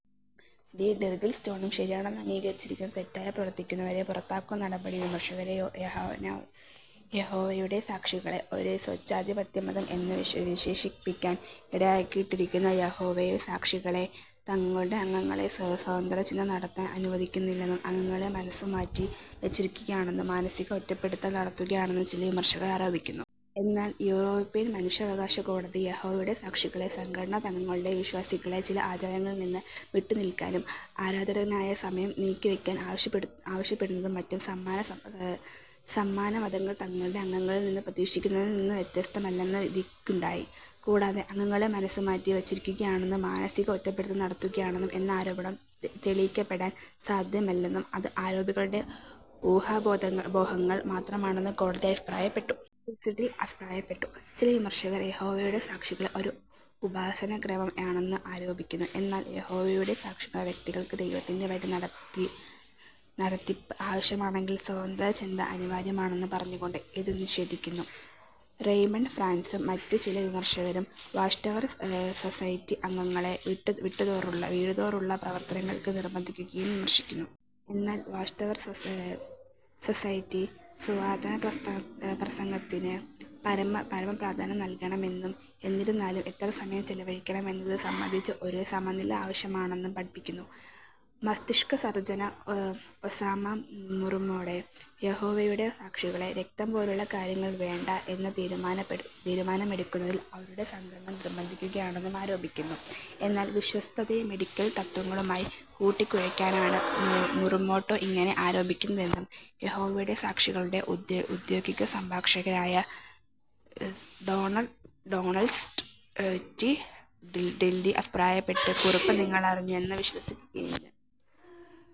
B. Girdle സ്റ്റോണും ശരിയാണെന്ന് അംഗീകരിച്ചിരിക്കുന്നു. തെറ്റായി പ്രവർത്തിക്കുന്നവരെ പുറത്താക്കുന്ന നടപടികൾ വിമർശകരെ യഹോവയുടെ സാക്ഷികളെ ഒരു "സ്വേച്ഛാധിപത്യമതം" എന്ന് വിശേഷിപ്പിക്കാൻ ഇടയാക്കിയിരിക്കുന്നു. യഹോവയുടെ സാക്ഷികൾ തങ്ങളുടെ അംഗങ്ങളെ സ്വതന്ത്രചിന്ത നടത്താൻ അനുവദിക്കുന്നില്ലെന്നും, അംഗങ്ങളെ മനസ്സുമാറ്റി വച്ചിരിക്കുകയാണെന്നും, മാനസിക ഒറ്റപ്പെടുത്തൽ നടത്തുകയാണെന്നും ചില വിമർശകർ ആരോപിക്കുന്നു. എന്നാൽ യുറോപ്പിയൻ മനുഷ്യാവകാശ കോടതി യഹോവയുടെ സാക്ഷികളുടെ സംഘടന, തങ്ങളുടെ വിശ്വാസികളെ ചില ആചാരങ്ങളിൽ നിന്ന് വിട്ടുനിൽക്കാനും, ആരാധനയ്ക്കായി സമയം നീക്കിവയ്ക്കാൻ ആവശ്യപ്പെടുന്നതും മറ്റ് സമാന മതങ്ങൾ തങ്ങളുടെ അംഗങ്ങളിൽ നിന്ന് പ്രതീക്ഷിക്കുന്നതിൽ നിന്ന് വ്യത്യസ്തമല്ലെന്ന് വിധിക്കുകയുണ്ടായി. കൂടാതെ അംഗങ്ങളെ മനസ്സുമാറ്റി വച്ചിരിക്കുകയാണെന്നും, മാനസിക ഒറ്റപ്പെടുത്തൽ നടത്തുകയണെന്നും എന്ന ആരോപണം തെളിയിക്കപ്പെടാൻ സാധ്യമല്ലെന്നും അത് ആരോപകരുടെ ഊഹാപോഹങ്ങൾ മാത്രമാണെന്നും കോടതി അഭിപ്രായപ്പെട്ടു. ക്രിസിഡിസ് അഭിപ്രായപ്പെട്ടു. ചില വിമർശകർ യഹോവയുടെ സാക്ഷികൾ ഒരു "ഉപാസനാക്രമം" ആണെന്ന് ആരോപിക്കുന്നു. എന്നാൽ യഹോവയുടെ സാക്ഷികൾ വ്യക്തികൾക്ക് ദൈവത്തിന്റെ വഴിനടത്തിപ്പ് ആവശ്യമാണെങ്കിലും സ്വതന്ത്രചിന്ത ആനിവാര്യമാണെന്ന് പറഞ്ഞുകൊണ്ട് ഇത് നിഷേധിക്കുന്നു. റയ്മണ്ട് ഫ്രാൻസും മറ്റ് ചില വിമർശകരും വാച്ച്ടവർ സൊസൈറ്റി അംഗങ്ങളെ വീടുതോറുമുള്ള പ്രവർത്തനങ്ങൾക്ക് നിർബന്ധിക്കുകയാണെന്ന് വിമർശിക്കുന്നു. എന്നാൽ വാച്ച്ടവർ സൊസൈറ്റി സുവാർത്തപ്രസംഗത്തിന് പരമപ്രാധാന്യം നൽകണമെന്നും, എന്നിരുന്നാലും എത്ര സമയം ചെലവഴിക്കണം എന്നത് സംബന്ധിച്ച് ഒരു സമനില ആവശ്യമാണെന്നും പഠിപ്പിക്കുന്നു. മസ്തിഷ്ക സർജ്ജൻ ഒസാമ മുറുമോട്ടോ യഹോവയുടെ സാക്ഷികളെ രക്തം പോലുള്ള കാര്യങ്ങൾ വേണ്ട എന്ന് തീരുമാനമെടുക്കുന്നതിൽ അവരുടെ സംഘടന നിർബന്ധിക്കുകയാണെന്ന് ആരോപിക്കുന്നു. എന്നാൽ വിശ്വാസത്തെ മെഡിക്കൽ തത്ത്വങ്ങളുമായി കൂട്ടികുഴയ്ക്കാനാണ് മുറുമോട്ടോ ഇങ്ങനെ ആരോപിക്കുന്നതെന്ന് യഹോവയുടെ സാക്ഷികളുടെ ഔദ്യോഗിക സംഭാഷകനായ ഡൊണൽഡ് റ്റി. റിട്ലീ അഭിപ്രായപ്പെട്ടു. കുറിപ്പ്: "നിങ്ങൾ അറിഞ്ഞു എന്നെ വിശ്വസിക്കയും ഞാൻ